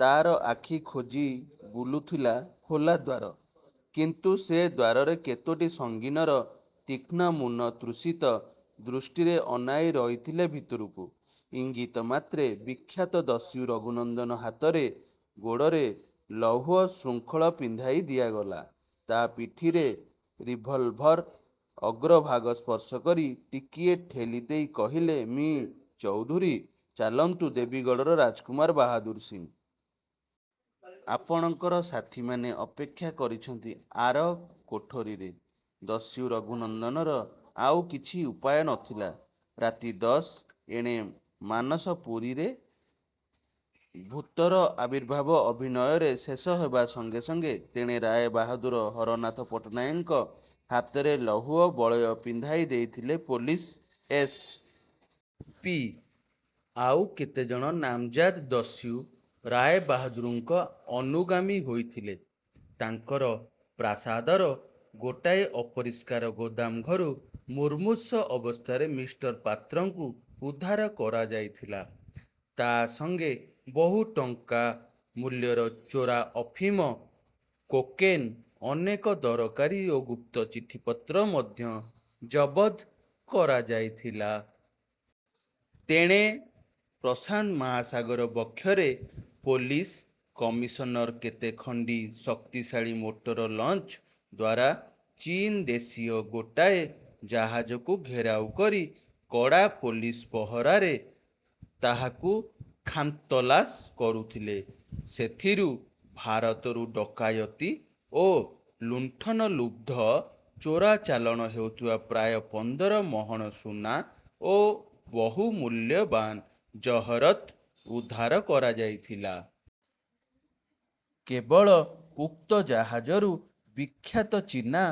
ତା'ର ଆଖି ଖୋଜି ବୁଲୁଥିଲା ଖୋଲା ଦ୍ୱାର। କିନ୍ତୁ ସେ ଦ୍ୱାରରେ କେତୋଟି ସଙ୍ଗୀନର ତୀକ୍ଷ୍ଣ ମୁନ ତୃଷିତ ଦୃଷ୍ଟିରେ ଅନାଇ ରହିଥିଲେ ଭିତରକୁ। ଇଙ୍ଗିତ ମାତ୍ରେ ବିଖ୍ୟାତ ଦସ୍ୟୁ ରଘୁନନ୍ଦନ ହାତରେ, ଗୋଡ଼ରେ ଲୌହ ଶୃଙ୍ଖଳ ପିନ୍ଧାଇ ଦିଆଗଲା। ତା' ପିଠିରେ ରିଭଲଭର୍ର ଅଗ୍ରଭାଗ ସ୍ପର୍ଶ କରି ଟିକିଏ ଠେଲି ଦେଇ କହିଲେ ମି: ଚୌଧୁରୀ-''ଚାଲନ୍ତୁ ଦେବୀଗଡ଼ର ରାଜକୁମାର ବାହାଦୂର ସିଂ! ଆପଣଙ୍କର ସାଥିମାନେ ଅପେକ୍ଷା କରିଛନ୍ତି ଆର କୋଠରୀରେ। '' ଦସ୍ୟୁ ରଘୁନନ୍ଦନର ଆଉ କିଛି ଉପାୟ ନଥିଲା। ରାତି ଦଶ- ଏଣେ ମାନସପୁରୀରେ ଭୂତର ଆବିର୍ଭାବ ଅଭିନୟରେ ଶେଷ ହେବା ସଙ୍ଗେ ସଙ୍ଗେ ତେଣେ ରାୟବାହାଦୂର ହରନାଥ ପଟ୍ଟନାୟକଙ୍କ ହାତରେ ଲୌହ ବଳୟ ପିନ୍ଧାଇଦେଇଥିଲେ ପୋଲିସ ଏସ୍. ପି। ଆଉ କେତେଜଣ ନାମଜାଦା ଦସ୍ୟୁ ରାୟବାହାଦୂରଙ୍କ ଅନୁଗାମୀ ହୋଇଥିଲେ-। ତାଙ୍କର ପ୍ରାସାଦର ଗୋଟାଏ ଅପରିଷ୍କାର ଗୋଦାମ ଘରୁ ମୁମୁର୍ଷୁ ଅବସ୍ଥାରେ ମିଷ୍ଟର ପାତ୍ରଙ୍କୁ ଉଦ୍ଧାର କରାଯାଇଥିଲା। ତା' ସଙ୍ଗେ ବହୁ ଟଙ୍କା ମୂଲ୍ୟର ଚୋରା ଅଫିମ, କୋକେନ୍, ଅନେକ ଦରକାରୀ ଓ ଗୁପ୍ତ ଚିଠି ପତ୍ର ମଧ୍ୟ ଜବଦ୍ କରାଯାଇଥିଲା। ତେଣେ ପ୍ରଶାନ୍ତ ମହାସାଗର ବକ୍ଷରେ ପୋଲିସ କମିଶନର କେତେଖଣ୍ଡି ଶକ୍ତିଶାଳୀ ମୋଟର ଲଞ୍ଚ ଦ୍ୱାରା ଚୀନ୍ ଦେଶୀୟ ଗୋଟାଏ ଜାହାଜକୁ ଘେରାଉ କରି କଡ଼ା ପୋଲିସ ପହରାରେ ତାହାକୁ ଖାନ୍ତଲାସ କରୁଥିଲେ। ସେଥିରୁ ଭାରତରୁ ଡକାୟତୀ ଓ ଲୁଣ୍ଠନ-ଲୁବ୍ଧ ଚୋରା ଚାଲାଣ ହେଉଥିବା ପ୍ରାୟ ପନ୍ଦର ମହଣ ସୁନା ଓ ବହୁ ମୂଲ୍ୟବାନ ଜହରତ୍ ଉଦ୍ଧାର କରାଯାଉଥିଲା। କେବଳ ଉକ୍ତ ଜାହାଜରୁ ବିଖ୍ୟାତ ଚୀନା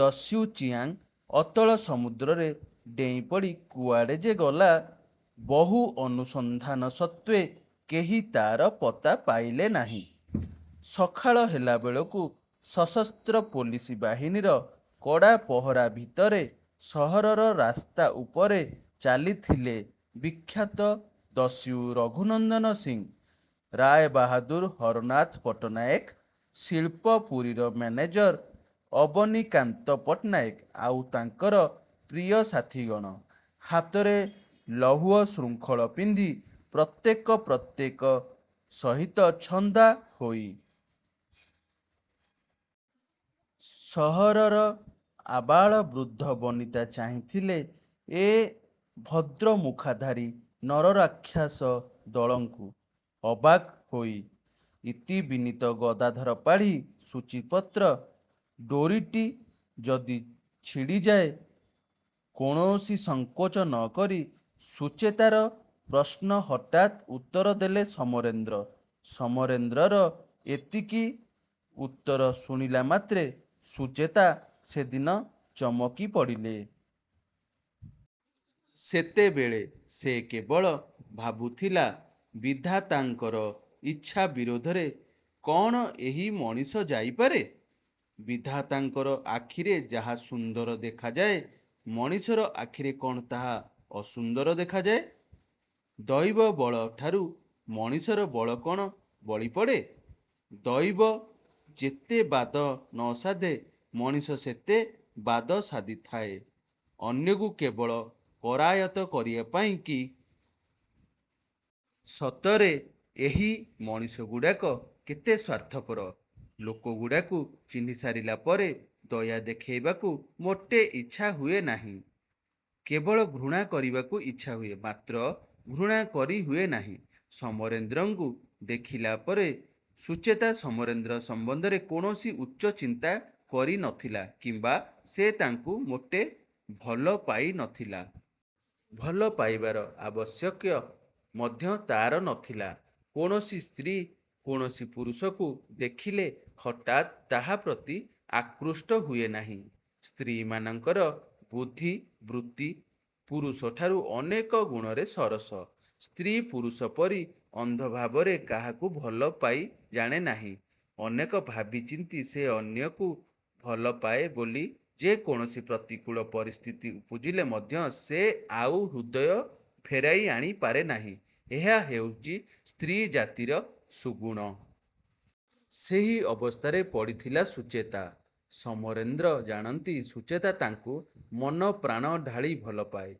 ଦସ୍ୟୁ ଚିୟାଂ ଅତଳ ସମୁଦ୍ରରେ ଡେଇଁପଡ଼ି କୁଆଡ଼େ ଯେ ଗଲା, ବହୁ ଅନୁସନ୍ଧାନ ସତ୍ୱେ କେହି ତା'ର ପତ୍ତା ପାଇଲେ ନାହିଁ। ସକାଳ ହେଲାବେଳକୁ ସଶସ୍ତ୍ର ପୋଲିସ ବାହିନୀର କଡ଼ା ପହରା ଭିତରେ ସହରର ରାସ୍ତା ଉପରେ ଚାଲିଥିଲେ ବିଖ୍ୟାତ ଦସ୍ୟୁ ରଘୁନନ୍ଦନ ସିଂ, ରାୟବାହାଦୂର ହରନାଥ ପଟ୍ଟନାୟକ, ଶିଳ୍ପପୁରୀର ମ୍ୟାନେଜର ଅବନୀକାନ୍ତ ପଟ୍ଟନାୟକ, ଆଉ ତାଙ୍କର ପ୍ରିୟ ସାଥିଗଣ, ହାତରେ ଲୌହ ଶୃଙ୍ଖଳ ପିନ୍ଧି, ପ୍ରତ୍ୟେକ ପ୍ରତ୍ୟେକ ସହିତ ଛନ୍ଦା ହୋଇ। ସହରର ଆବାଳବୃଦ୍ଧବନିତା ଚାହିଁଥିଲେ ଏ ଭଦ୍ରମୁଖାଧାରୀ ନରରାକ୍ଷସ ଦଳଙ୍କୁ, ଅବାକ୍ ହୋଇ। ଇତି ବିନୀତ ଗଦାଧର ପାଢ଼ୀ ସୂଚୀପତ୍ର '' ''ଡୋରିଟି ଯଦି ଛିଡ଼ିଯାଏ! '' କୌଣସି ସଂକୋଚ ନ କରି ସୁଚେତାର ପ୍ରଶ୍ନର ହଠାତ୍ ଉତ୍ତରଦେଲେ ସମରେନ୍ଦ୍ର। ସମରେନ୍ଦ୍ରର ଏତିକି ଉତ୍ତର ଶୁଣିଲା ମାତ୍ରେ ସୁଚେତା ସେଦିନ ଚମକି ପଡ଼ିଲା। ସେତେବେଳେ ସେ କେବଳ ଭାବୁଥିଲା ବିଧାତାଙ୍କର ଇଚ୍ଛା ବିରୁଦ୍ଧରେ କ'ଣ ଏହି ମଣିଷ ଯାଇପାରେ? ବିଧାତାଙ୍କ ଆଖିରେ ଯାହା ସୁନ୍ଦର ଦେଖାଯାଏ ମଣିଷର ଆଖିରେ କ'ଣ ତାହା ଅସୁନ୍ଦର ଦେଖାଯାଏ? ଦୈବବଳଠାରୁ ମଣିଷର ବଳ କ'ଣ ବଳିପଡ଼େ? ଦୈବ ଯେତେ ବାଦ ନ ସାଧେ ମଣିଷ ସେତେ ବାଦ ସାଧିଥାଏ ଅନ୍ୟକୁ କେବଳ କରାୟତ୍ତ କରିବା ପାଇଁକି? ସତରେ ଏହି ମଣିଷଗୁଡ଼ାକ କେତେ ସ୍ୱାର୍ଥପର। ଲୋକଗୁଡ଼ାକୁ ଚିହ୍ନିସାରିଲା ପରେ ଦୟା ଦେଖେଇବାକୁ ମୋଟେ ଇଚ୍ଛା ହୁଏ ନାହିଁ। କେବଳ ଘୃଣା କରିବାକୁ ଇଚ୍ଛା ହୁଏ ମାତ୍ର ଘୃଣା କରିହୁଏ ନାହିଁ। ସମରେନ୍ଦ୍ରଙ୍କୁ ଦେଖିଲା ପରେ ସୁଚେତା ସମରେନ୍ଦ୍ର ସମ୍ୱନ୍ଧରେ କୌଣସି ଉଚ୍ଚ ଚିନ୍ତା କରି ନ ଥିଲା କିମ୍ୱା ସେ ତାଙ୍କୁ ମୋଟେ ଭଲପାଇ ନ ଥିଲା। ଭଲ ପାଇବାର ଆବଶ୍ୟକ ମଧ୍ୟ ତା'ର ନ ଥିଲା। କୌଣସି ସ୍ତ୍ରୀ କୌଣସି ପୁରୁଷକୁ ଦେଖିଲେ ହଠାତ୍ ତାହା ପ୍ରତି ଆକୃଷ୍ଟ ହୁଏ ନାହିଁ। ସ୍ତ୍ରୀମାନଙ୍କର ବୁଦ୍ଧିବୃତ୍ତି ପୁରୁଷଠାରୁ ଅନେକ ଗୁଣରେ ସରସ। ସ୍ତ୍ରୀ ପୁରୁଷ ପରି ଅନ୍ଧ ଭାବରେ କାହାକୁ ଭଲପାଇ ଜାଣେନାହିଁ। ଅନେକ ଭାବିଚିନ୍ତି ସେ ଅନ୍ୟକୁ ଭଲପାଏ ବୋଲି ଯେ କୌଣସି ପ୍ରତିକୂଳ ପରିସ୍ଥିତି ଉପୁଜିଲେ ମଧ୍ୟ ସେ ଆଉ ହୃଦୟ ଫେରାଇ ଆଣି ପାରେନାହିଁ ଏହା ହେଉଛି ସ୍ତ୍ରୀ ଜାତିର ସୁଗୁଣ। ସେହି ଅବସ୍ଥାରେ ପଡ଼ିଥିଲା ସୁଚେତା। ସମରେନ୍ଦ୍ର ଜାଣନ୍ତି ସୁଚେତା ତାଙ୍କୁ ମନପ୍ରାଣ ଢାଳି ଭଲପାଏ।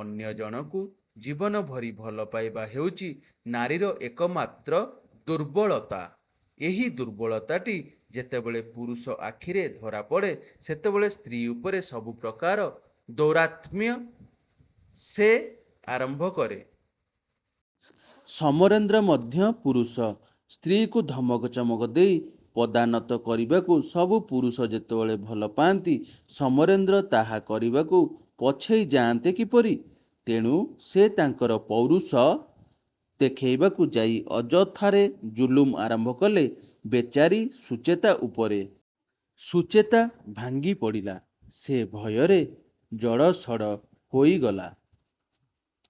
ଅନ୍ୟ ଜଣକୁ ଜୀବନ ଭରି ଭଲ ପାଇବା ହେଉଛି ନାରୀର ଏକମାତ୍ର ଦୁର୍ବଳତା। ଏହି ଦୁର୍ବଳତାଟି ଯେତେବେଳେ ପୁରୁଷ ଆଖିରେ ଧରାପଡ଼େ, ସେତେବେଳେ ସ୍ତ୍ରୀ ଉପରେ ସବୁପ୍ରକାର ଦୌରାତ୍ମ୍ୟ ସେ ଆରମ୍ଭ କରେ। ସମରେନ୍ଦ୍ର ମଧ୍ୟ ପୁରୁଷ। ସ୍ତ୍ରୀକୁ ଧମକ ଚମକ ଦେଇ ପଦାନତ କରିବାକୁ ସବୁ ପୁରୁଷ ଯେତେବେଳେ ଭଲ ପାଆନ୍ତି ସମରେନ୍ଦ୍ର ତାହା କରିବାକୁ ପଛେଇ ଯାଆନ୍ତେ କିପରି? ତେଣୁ ସେ ତାଙ୍କର ପୌରୁଷ ଦେଖାଇବାକୁ ଯାଇ ଅଯଥାରେ ଜୁଲୁମ ଆରମ୍ଭ କଲେ ବେଚାରୀ ସୁଚେତା ଉପରେ। ସୁଚେତା ଭାଙ୍ଗିପଡ଼ିଲା। ସେ ଭୟରେ ଜଡ଼ସଡ଼ ହୋଇଗଲା।